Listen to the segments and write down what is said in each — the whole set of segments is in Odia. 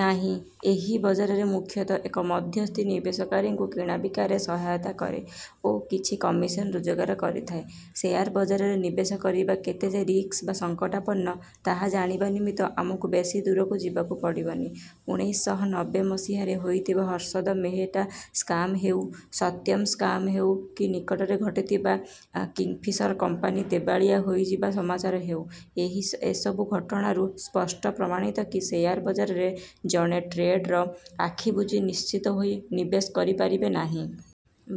ନାହିଁ। ଏହି ବଜାରରେ ମୁଖ୍ୟତଃ ଏକ ମଧ୍ୟସ୍ଥି ନିବେଶକାରୀଙ୍କୁ କିଣାବିକାରେ ସହାୟତା କରେ ଓ କିଛି କମିଶନ ରୋଜଗାର କରିଥାଏ। ଶେୟାର ବଜାରରେ ନିବେଶ କରିବା କେତେଯେ ରିସ୍କି ବା ସଙ୍କଟାପନ୍ନ, ତାହା ଜାଣିବା ନିମିତ୍ତ ଆମକୁ ବେଶୀ ଦୂରକୁ ଯିବାକୁ ପଡ଼ିବନି। ଉଣେଇଶି ଶହ ନବେ ମସିହା ରେ ହୋଇଥିବା ହର୍ଷଦ ମେହେଟ୍ଟା ସ୍କାମ୍‌ ହେଉ, ସତ୍ୟମ୍‌ ସ୍କାମ୍‌ ହେଉ, କି ନିକଟରେ ଘଟିଥିବା କିଙ୍ଗଫିସର କମ୍ପାନୀ ଦେବାଳିଆ ହୋଇଯିବା ସମାଚାର ହେଉ, ଏହି ଏସବୁ ଘଟଣାରୁ ସ୍ପଷ୍ଟ ପ୍ରମାଣିତ କି ଶେୟାର ବଜାରରେ ଜଣେ ଟ୍ରେଡର ଆଖିବୁଜି ନିଶ୍ଚିନ୍ତ ହୋଇ ନିବେଶ କରିପାରିବେ ନାହିଁ।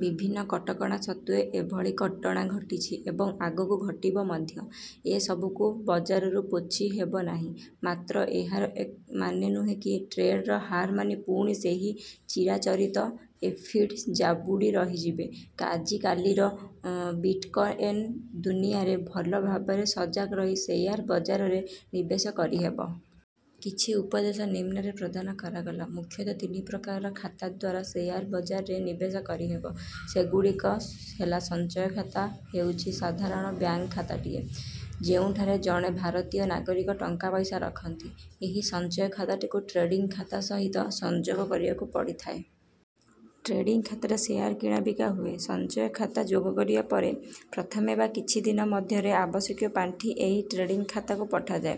ବିଭିନ୍ନ କଟକଣା ସତ୍ତ୍ୱେ ଏଭଳି ଘଟଣା ଘଟିଛି ଏବଂ ଆଗକୁ ଘଟିବ ମଧ୍ୟ, ଏସବୁକୁ ବଜାରରୁ ପୋଛି ହେବନାହିଁ। ମାତ୍ର ଏହାର ମାନେ ନୁହେଁ କି ଟ୍ରେଡର ହାର ମାନି ପୁଣି ସେହି ଚିରାଚରିତ ଏଫ୍‌ଡି ଜାବୁଡ଼ି ରହିଯିବେ। ଆଜିକାଲିକାର ବିଟ୍‌କଏନ୍‌ ଦୁନିଆରେ ଭଲ ଭାବରେ ସଜାଗ ରହି ଶେୟାର ବଜାରରେ ନିବେଶ କରିହେବ। କିଛି ଉପଦେଶ ନିମ୍ନରେ ପ୍ରଦାନ କରାଗଲା। ମୁଖ୍ୟତଃ ତିନି ପ୍ରକାରର ଖାତା ଦ୍ୱାରା ଶେୟାର ବଜାରରେ ନିବେଶ କରିହେବ। ସେଗୁଡ଼ିକ ହେଲାସଞ୍ଚୟ ଖାତା ହେଉଛି ସାଧାରଣ ବ୍ୟାଙ୍କ ଖାତାଟିଏ, ଯେଉଁଠାରେ ଜଣେ ଭାରତୀୟ ନାଗରିକ ଟଙ୍କାପଇସା ରଖନ୍ତି। ଏହି ସଞ୍ଚୟ ଖାତାଟିକୁ ଟ୍ରେଡିଂ ଖାତା ସହିତ ସଂଯୋଗ କରିବାକୁ ପଡ଼ିଥାଏ। ଟ୍ରେଡିଂ ଖାତାରେ ଶେୟାର କିଣାବିକା ହୁଏ। ସଞ୍ଚୟ ଖାତା ଯୋଗ କରିବା ପରେ, ପ୍ରଥମେ ବା କିଛି ଦିନ ମଧ୍ୟରେ ଆବଶ୍ୟକୀୟ ପାଣ୍ଠି ଏହି ଟ୍ରେଡିଂ ଖାତାକୁ ପଠାଯାଏ,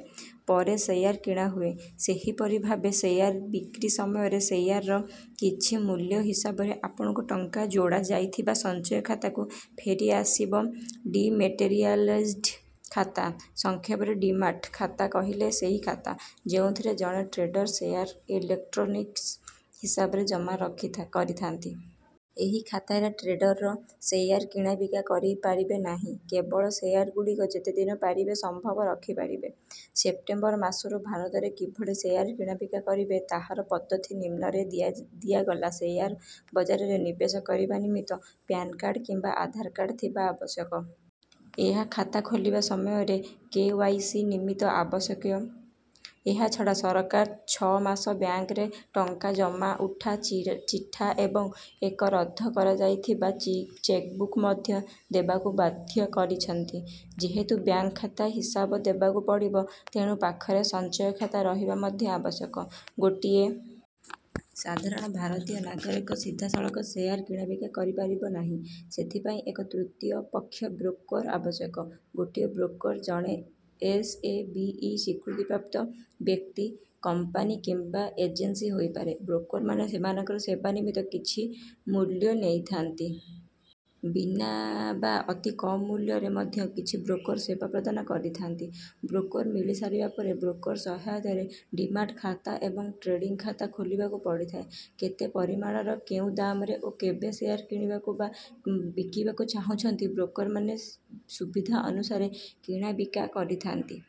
ପରେ ଶେୟାର କିଣା ହୁଏ। ସେହିପରି ଭାବେ ଶେୟାର ବିକ୍ରି ସମୟରେ ଶେୟାରର ବିକ୍ରି ମୂଲ୍ୟ ହିସାବରେ ଆପଣଙ୍କୁ ଟଙ୍କା ଯୋଡ଼ା ଯାଇଥିବା ସଞ୍ଚୟ ଖାତାକୁ ଫେରିଆସିବଡିମ୍ୟାଟେରିଆଲାଇଜ୍‌ଡ ଖାତା, ସଂକ୍ଷେପରେ ଡିମାଟ୍‌ ଖାତା କହିଲେ ସେହି ଖାତା, ଯେଉଁଥିରେ ଜଣେ ଟ୍ରେଡର ଶେୟାର ଇଲେକ୍ଟ୍ରୋନିକ୍ସ ହିସାବରେ ଜମା ରଖି କରିଥାନ୍ତି। ଏହି ଖାତାରେ ଟ୍ରେଡର ଶେୟାର କିଣାବିକା କରିପାରିବେ ନାହିଁ; କେବଳ ଶେୟାରଗୁଡ଼ିକ ଯେତେଦିନ ପାରିବେ ସମ୍ଭବ ରଖିପାରିବେ। ସେପ୍ଟେମ୍ବର ମାସରୁ ଭାରତରେ କିଭଳି ଶେୟାର କିଣାବିକା କରିବେ, ତାହାର ପଦ୍ଧତି ନିମ୍ନରେ ଦିଆଗଲାଶେୟାର ବଜାରରେ ନିବେଶ କରିବା ନିମିତ୍ତ ପ୍ୟାନ୍‌ କାର୍ଡ଼ କିମ୍ବା ଆଧାର କାର୍ଡ଼ ଥିବା ଆବଶ୍ୟକ। ଏହା ଖାତା ଖୋଲିବା ସମୟରେ କେ.ୱାଇ.ସି. ନିମିତ୍ତ ଆବଶ୍ୟକ। ଏହାଛଡ଼ା ସରକାର ଛଅ ମାସର ବ୍ୟାଙ୍କରେ ଟଙ୍କା ଜମା ଉଠା ଚିଠା ଏବଂ ଏକ ରଦ୍ଦ କରାଯାଇଥିବା ଚେକ୍‌ବୁକ୍‌ ମଧ୍ୟ ଦେବାକୁ ବାଧ୍ୟ କରିଛନ୍ତି। ଯେହେତୁ ବ୍ୟାଙ୍କ ଖାତା ହିସାବ ଦେବାକୁ ପଡ଼ିବ, ତେଣୁ ପାଖରେ ସଞ୍ଚୟ ଖାତା ରହିବା ମଧ୍ୟ ଆବଶ୍ୟକ। ଗୋଟିଏ ସାଧାରଣ ଭାରତୀୟ ନାଗରିକ ସିଧାସଳଖ ଶେୟାର କିଣାବିକା କରିପାରିବ ନାହିଁ, ଏଥିପାଇଁ ଏକ ତୃତୀୟ ପକ୍ଷ, ବ୍ରୋକର ଆବଶ୍ୟକ। ଗୋଟିଏ ବ୍ରୋକର ଜଣେ ସ ଏ ବି ଇ ସ୍ୱୀକୃତିପ୍ରାପ୍ତ ବ୍ୟକ୍ତି, କମ୍ପାନୀ କିମ୍ବା ଏଜେନ୍ସି ହୋଇପାରେ। ବ୍ରୋକରମାନେ ସେମାନଙ୍କର ସେବା ନିମିତ୍ତ କିଛି ମୂଲ୍ୟ ନେଇଥାନ୍ତି। ବିନା ବା ଅତିକମ୍‌ ମୂଲ୍ୟରେ ମଧ୍ୟ କିଛି ବ୍ରୋକର ସେବା ପ୍ରଦାନ କରିଥାନ୍ତି। ବ୍ରୋକର ମିଳିସାରିଲା ପରେ ବ୍ରୋକର ସହାୟତାରେ ଡିମାଟ୍‌ ଖାତା ଏବଂ ଟ୍ରେଡିଂ ଖାତା ଖୋଲିବାକୁ ପଡ଼ିଥାଏ। କେତେ ପରିମାଣର, କେଉଁ ଦାମ୍‌ରେ ଓ କେବେ ଶେୟାର କିଣିବାକୁ ବା ବିକିବାକୁ ଚାହୁଁଛନ୍ତି, ବ୍ରୋକରମାନେ ସୁବିଧାନୁସାରେ କିଣାବିକା କରିଥାନ୍ତି।